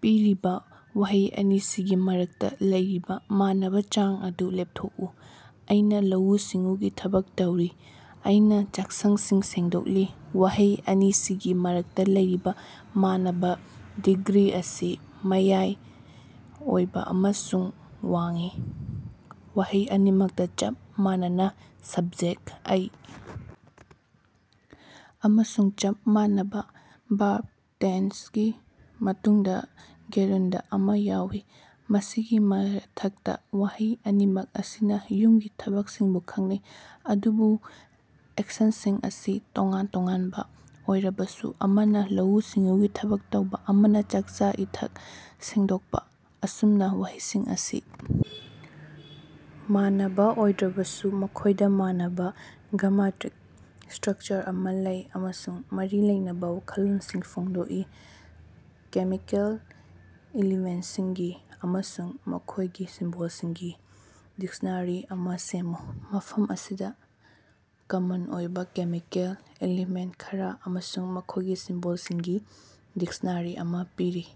ꯄꯤꯔꯤꯕ ꯋꯥꯍꯩ ꯑꯅꯤꯁꯤꯒꯤ ꯃꯔꯛꯇ ꯂꯩꯔꯤꯕ ꯃꯥꯟꯅꯕ ꯆꯥꯡ ꯑꯗꯨ ꯂꯦꯞꯊꯣꯛꯎ꯫ ꯑꯩꯅ ꯂꯧꯎ-ꯁꯤꯡꯎꯒꯤ ꯊꯕꯛ ꯇꯧꯔꯤ꯫ ꯑꯩꯅ ꯆꯥꯛꯁꯡꯁꯤꯡ ꯁꯦꯡꯗꯣꯛꯂꯤ꯫ ꯋꯥꯍꯩ ꯑꯅꯤꯁꯤꯒꯤ ꯃꯔꯛꯇ ꯂꯩꯔꯤꯕ ꯃꯥꯟꯅꯕ ꯗꯤꯒ꯭ꯔꯤ ꯑꯁꯤ ꯃꯌꯥꯏ ꯑꯣꯏꯕ ꯑꯃꯁꯨꯡ ꯋꯥꯡꯏ꯫ ꯋꯥꯍꯩ ꯑꯅꯤꯃꯛꯇ ꯆꯞ ꯃꯥꯟꯅꯕ ꯁꯕꯖꯦꯛ "ꯑꯩ" ꯑꯃꯁꯨꯡ ꯆꯞ ꯃꯥꯟꯅꯕ ꯕꯔꯕ ꯇꯦꯟꯁ ꯒꯤ ꯃꯇꯨꯡꯗ ꯒꯦꯔꯨꯟꯗ ꯑꯃ ꯌꯥꯎꯏ꯫ ꯃꯁꯤꯒꯤ ꯃꯊꯛꯇ ꯋꯥꯍꯩ ꯑꯅꯤꯃꯛ ꯑꯁꯤꯅ ꯌꯨꯝꯒꯤ ꯊꯕꯛꯁꯤꯡꯕꯨ ꯈꯪꯅꯩ, ꯑꯗꯨꯕꯨ ꯑꯦꯛꯁꯟꯁꯤꯡ ꯑꯁꯤ ꯇꯣꯉꯥꯟ-ꯇꯣꯉꯥꯟꯕ ꯑꯣꯏꯔꯕꯁꯨ ꯑꯃꯅ ꯂꯧꯎ-ꯁꯤꯡꯎꯒꯤ ꯊꯕꯛ ꯇꯧꯕ ꯑꯃꯅ ꯆꯥꯛꯆꯥ-ꯏꯊꯛ ꯁꯦꯡꯗꯣꯛꯄ꯫ ꯑꯁꯨꯝꯅ ꯋꯥꯍꯩꯁꯤꯡ ꯑꯁꯤ ꯃꯥꯟꯅꯕ ꯑꯣꯏꯗ꯭ꯔꯕꯁꯨ ꯃꯈꯣꯏꯗ ꯃꯥꯟꯅꯕ ꯒꯥꯃꯥꯇ꯭ꯔꯤꯛ ꯁ꯭ꯇꯔꯛꯆꯔ ꯑꯃ ꯂꯩ ꯑꯃꯁꯨꯡ ꯃꯔꯤ ꯂꯩꯅꯕ ꯋꯥꯈꯜꯂꯣꯟꯁꯤꯡ ꯐꯣꯡꯗꯣꯛꯏ꯫ ꯀꯦꯃꯤꯀꯦꯜ ꯏꯂꯤꯃꯦꯟꯇꯁꯤꯡꯒꯤ ꯑꯃꯁꯨꯡ ꯃꯈꯣꯏꯒꯤ ꯁꯤꯝꯕꯣꯜꯁꯤꯡꯒꯤ ꯗꯤꯛꯁꯅꯥꯔꯤ ꯑꯃ ꯁꯦꯝꯃꯨ꯫ ꯃꯐꯝ ꯑꯁꯤꯗ ꯀꯃꯟ ꯑꯣꯏꯕ ꯀꯦꯃꯤꯀꯦꯜ ꯑꯦꯂꯤꯃꯦꯟꯇ ꯈꯔ ꯑꯃꯁꯨꯡ ꯃꯈꯣꯏꯒꯤ ꯁꯤꯝꯕꯣꯜꯁꯤꯡꯒꯤ ꯗꯤꯛꯁꯅꯥꯔꯤ ꯑꯃ ꯄꯤꯔꯤ: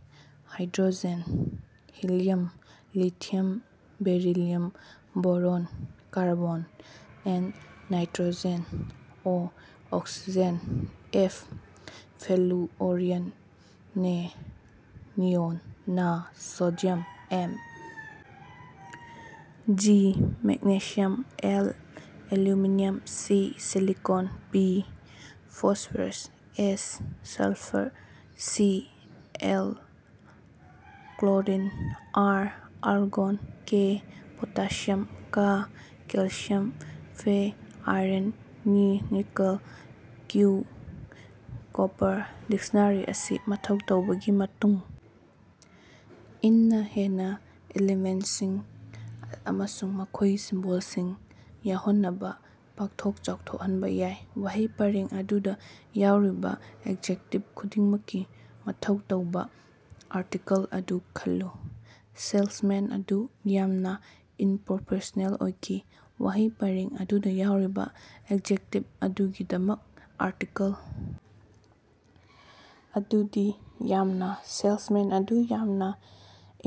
'hydrogen', 'helium', 'lithium', 'beryllium', 'boron', 'carbon', 'N': 'nitrogen', 'O': 'oxygen', 'F': 'fluorine', 'Ne': 'neon', 'Na': 'sodium', 'M. G. ': 'Magnesium', 'Al': 'aluminium', 'Si': 'silicon', 'P': 'phosphorus', 'S': 'sulphur', 'C. L. ': 'Chlorine ', 'Ar': 'argon', 'K': 'potassium', 'Ca': 'calcium', 'Fe': 'iron', 'Ni': 'nickel', 'Cu': 'copper', dictionary ꯑꯁꯤ ꯃꯊꯧ ꯇꯧꯕꯒꯤ ꯃꯇꯨꯡ ꯏꯟꯅ ꯍꯦꯟꯅ ꯏꯂꯤꯃꯦꯟꯇꯁꯤꯡ ꯑꯃꯁꯨꯡ ꯃꯈꯣꯏꯒꯤ ꯁꯤꯝꯕꯣꯜꯁꯤꯡ ꯌꯥꯎꯍꯟꯅꯕ ꯄꯥꯛꯊꯣꯛ ꯆꯥꯎꯊꯣꯛꯍꯟꯕ ꯌꯥꯏ꯫ ꯋꯥꯍꯩ ꯄꯔꯦꯡ ꯑꯗꯨꯗ ꯌꯥꯎꯔꯤꯕ ꯑꯦꯖꯦꯛꯇꯤꯚ ꯈꯨꯗꯤꯡꯃꯛꯀꯤ ꯃꯊꯧ ꯇꯧꯕ ꯑꯥꯔꯇꯤꯀꯜ ꯑꯗꯨ ꯈꯜꯂꯨ: ꯁꯦꯜꯁꯃꯦꯟ ꯑꯗꯨ ꯌꯥꯝꯅ ꯏꯟꯄ꯭ꯔꯣꯐꯦꯁ꯭ꯅꯦꯜ ꯑꯣꯏꯈꯤ꯫ ꯋꯥꯍꯩ ꯄꯔꯦꯡ ꯑꯗꯨꯗ ꯌꯥꯎꯔꯤꯕ ꯑꯦꯖꯦꯛꯇꯤꯚ ꯑꯗꯨꯒꯤꯗꯃꯛ ꯑꯥꯔꯇꯤꯀꯜ ꯑꯗꯨꯗꯤ: "ꯌꯥꯝꯅ" ꯁꯦꯜꯁꯃꯦꯟ ꯑꯗꯨ ꯌꯥꯝꯅ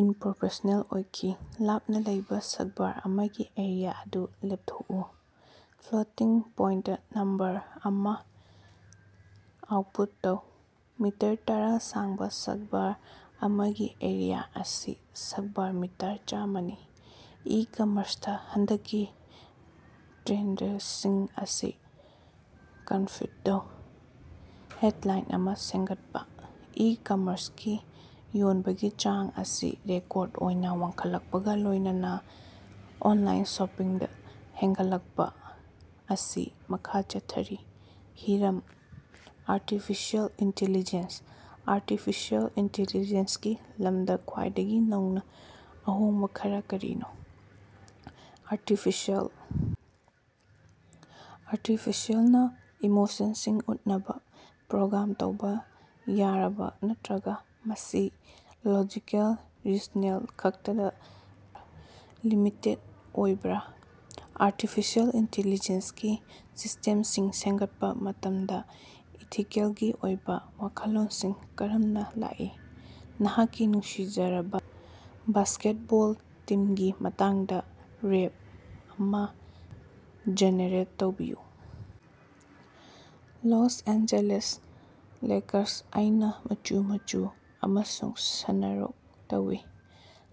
ꯏꯟꯄ꯭ꯔꯣꯐꯦꯁꯅꯦꯜ ꯑꯣꯏꯈꯤ꯫ ꯂꯥꯞꯅ ꯂꯩꯕ ꯁꯛꯕꯥꯔ ꯑꯃꯒꯤ ꯑꯦꯔꯤꯌꯥ ꯑꯗꯨ ꯂꯦꯞꯊꯣꯛꯎ꯫ ꯐ꯭ꯂꯣꯇꯤꯡ ꯄꯣꯏꯟꯇ ꯅꯝꯕꯔ ꯑꯃ ꯑꯥꯎꯇꯄꯨꯠ ꯇꯧ꯫ ꯃꯤꯇꯔ ꯇꯔꯥ ꯁꯥꯡꯕ ꯁꯛꯕꯥꯔ ꯑꯃꯒꯤ ꯑꯦꯔꯤꯌꯥ ꯑꯁꯤ ꯁꯛꯕꯥꯔ ꯃꯤꯇꯔ ꯆꯥꯝꯃꯅꯤ꯫ ꯏ-ꯀꯝꯃꯔꯁꯇ ꯍꯟꯗꯛꯀꯤ ꯇ꯭ꯔꯦꯟꯗꯁꯤꯡ ꯑꯁꯤ ꯀꯟꯐꯤꯗ ꯇꯧꯕ ꯍꯦꯗꯂꯥꯏꯟ ꯑꯃ ꯁꯦꯝꯒꯠꯄ꯫ ꯏ-ꯀꯃꯔꯁꯀꯤ ꯌꯣꯟꯕꯒꯤ ꯆꯥꯡ ꯑꯁꯤ ꯔꯦꯀꯣꯔꯗ ꯑꯣꯏꯅ ꯋꯥꯡꯈꯠꯂꯛꯄꯒ ꯂꯣꯏꯅꯅ ꯑꯣꯟꯂꯥꯏꯟ ꯁꯣꯄꯤꯡꯗ ꯍꯦꯟꯒꯠꯂꯛꯄ ꯑꯁꯤ ꯃꯈꯥ ꯆꯠꯊꯔꯤ꯫ ꯍꯤꯔꯝ: ꯑꯥꯔꯇꯤꯐꯤꯁꯤꯑꯦꯜ ꯏꯟꯇꯦꯂꯤꯖꯦꯟꯁ꯫ ꯑꯥꯔꯇꯤꯐꯤꯁꯤꯑꯦꯜ ꯏꯟꯇꯦꯂꯤꯖꯦꯟꯁꯀꯤ ꯂꯝꯗ ꯈ꯭ꯋꯥꯏꯗꯒꯤ ꯅꯧꯅ ꯑꯍꯣꯡꯕ ꯈꯔ ꯀꯔꯤꯅꯣ? ꯑꯥꯔꯇꯤꯐꯤꯁꯤꯑꯦꯜ ꯑꯥꯔꯇꯤꯐꯤꯁꯦꯜꯅ ꯏꯃꯣꯁꯟꯁꯤꯡ ꯎꯠꯅꯕ ꯄ꯭ꯔꯣꯒ꯭ꯔꯥꯝ ꯇꯧꯕ ꯌꯥꯕꯔ ꯅꯠꯇ꯭ꯔꯒ ꯃꯁꯤ ꯂꯣꯖꯤꯀꯦꯜ ꯔꯤꯖꯅꯦꯜ ꯈꯛꯇꯗ ꯂꯤꯃꯤꯇꯦꯗ ꯑꯣꯏꯕꯔꯥ? ꯑꯥꯔꯇꯤꯐꯤꯁꯤꯑꯦꯜ ꯏꯟꯇꯦꯂꯤꯖꯦꯟꯁꯒꯤ ꯁꯤꯁꯇꯦꯝꯁꯤꯡ ꯁꯦꯝꯒꯠꯄ ꯃꯇꯝꯗ ꯏꯊꯤꯀꯦꯜꯒꯤ ꯑꯣꯏꯕ ꯋꯥꯈꯜꯂꯣꯟꯁꯤꯡ ꯀꯔꯝꯅ ꯂꯥꯛꯏ? ꯅꯍꯥꯛꯀꯤ ꯅꯨꯡꯁꯤꯖꯔꯕ ꯕꯥꯁꯀꯦꯠꯕꯣꯜ ꯇꯤꯝꯒꯤ ꯃꯇꯥꯡꯗ ꯔꯦꯞ ꯑꯃ ꯖꯦꯅꯦꯔꯦꯠ ꯇꯧꯕꯤꯌꯨ꯫ Los Angeles Lakers. ꯑꯩꯅ ꯃꯆꯨ ꯃꯆꯨ ꯑꯃꯁꯨꯡ ꯁꯅꯥ ꯔꯣꯛ ꯇꯧꯏ,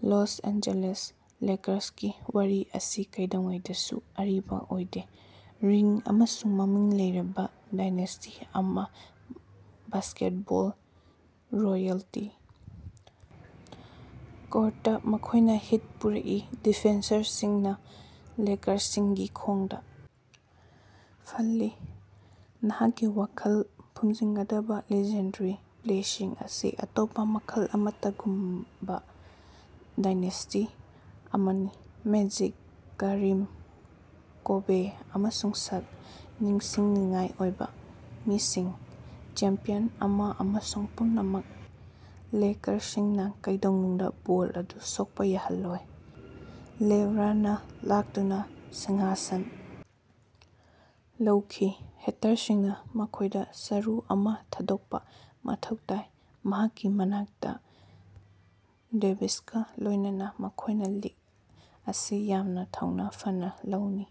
ꯂꯣꯁ ꯑꯦꯟꯖꯦꯂꯦꯁ ꯂꯦꯀꯔꯁꯀꯤ ꯋꯥꯔꯤ ꯑꯁꯤ ꯀꯩꯗꯧꯉꯩꯗꯁꯨ ꯑꯔꯤꯕ ꯑꯣꯏꯗꯦ, ꯔꯤꯡ ꯑꯃꯁꯨꯡ ꯃꯃꯤꯡ ꯂꯩꯔꯕ ꯗꯥꯏꯅꯦꯁꯇꯤ ꯑꯃ ꯕꯥꯁꯀꯦꯠꯕꯣꯜ ꯔꯣꯌꯦꯜꯇꯤ꯫ ꯀꯣꯔꯠꯇ ꯃꯈꯣꯏꯅ ꯍꯤꯠ ꯄꯨꯔꯛꯏ, ꯗꯤꯐꯦꯟꯁꯔꯁꯤꯡꯅ ꯂꯦꯀꯔꯁꯤꯡꯒꯤ ꯈꯣꯡꯗ ꯐꯜꯂꯤ, ꯅꯍꯥꯛꯀꯤ ꯋꯥꯈꯜ ꯐꯨꯝꯖꯤꯟꯒꯗꯕ ꯂꯤꯖꯦꯟꯗꯔꯤ ꯄ꯭ꯂꯦꯁꯤꯡ ꯃꯁꯤ ꯑꯇꯣꯞꯄ ꯃꯈꯜ ꯑꯃꯠꯇꯒꯨꯝꯕ ꯗꯥꯏꯅꯦꯁꯇꯤ ꯑꯃꯅꯤ꯫ ꯃꯦꯖꯤꯛ, ꯀꯔꯤꯝ, ꯀꯣꯕꯦ, ꯑꯃꯁꯨꯡ ꯁꯛ, ꯅꯤꯡꯁꯤꯡꯅꯤꯡꯉꯥꯏ ꯑꯣꯏꯕ ꯃꯤꯡꯁꯤꯡ, ꯆꯦꯝꯄꯤꯌꯟ ꯑꯃ ꯑꯃꯁꯨꯡ ꯄꯨꯝꯅꯃꯛ ꯂꯦꯀꯔꯁꯤꯡꯅ ꯀꯩꯗꯧꯅꯨꯡꯗ ꯕꯣꯜ ꯑꯗꯨ ꯁꯣꯛꯄ ꯌꯥꯍꯜꯂꯣꯏ꯫ ꯂꯦꯕ꯭ꯔꯟꯅ ꯂꯥꯛꯇꯨꯅ ꯁꯤꯡꯍꯥꯁꯟ ꯂꯧꯈꯤ, ꯍꯦꯇꯔꯁꯤꯡꯅ ꯃꯈꯣꯏꯗ ꯁꯔꯨ ꯑꯃ ꯊꯥꯗꯣꯛꯄ ꯃꯊꯧ ꯇꯥꯏ, ꯃꯍꯥꯛꯀꯤ ꯃꯅꯥꯛꯇ ꯗꯦꯕꯤꯁꯀ ꯂꯣꯏꯅꯅ ꯃꯈꯣꯏꯅ ꯂꯤꯒ ꯑꯁꯤ ꯌꯥꯝꯅ ꯊꯧꯅꯥ ꯐꯅ ꯂꯧꯅꯤ꯫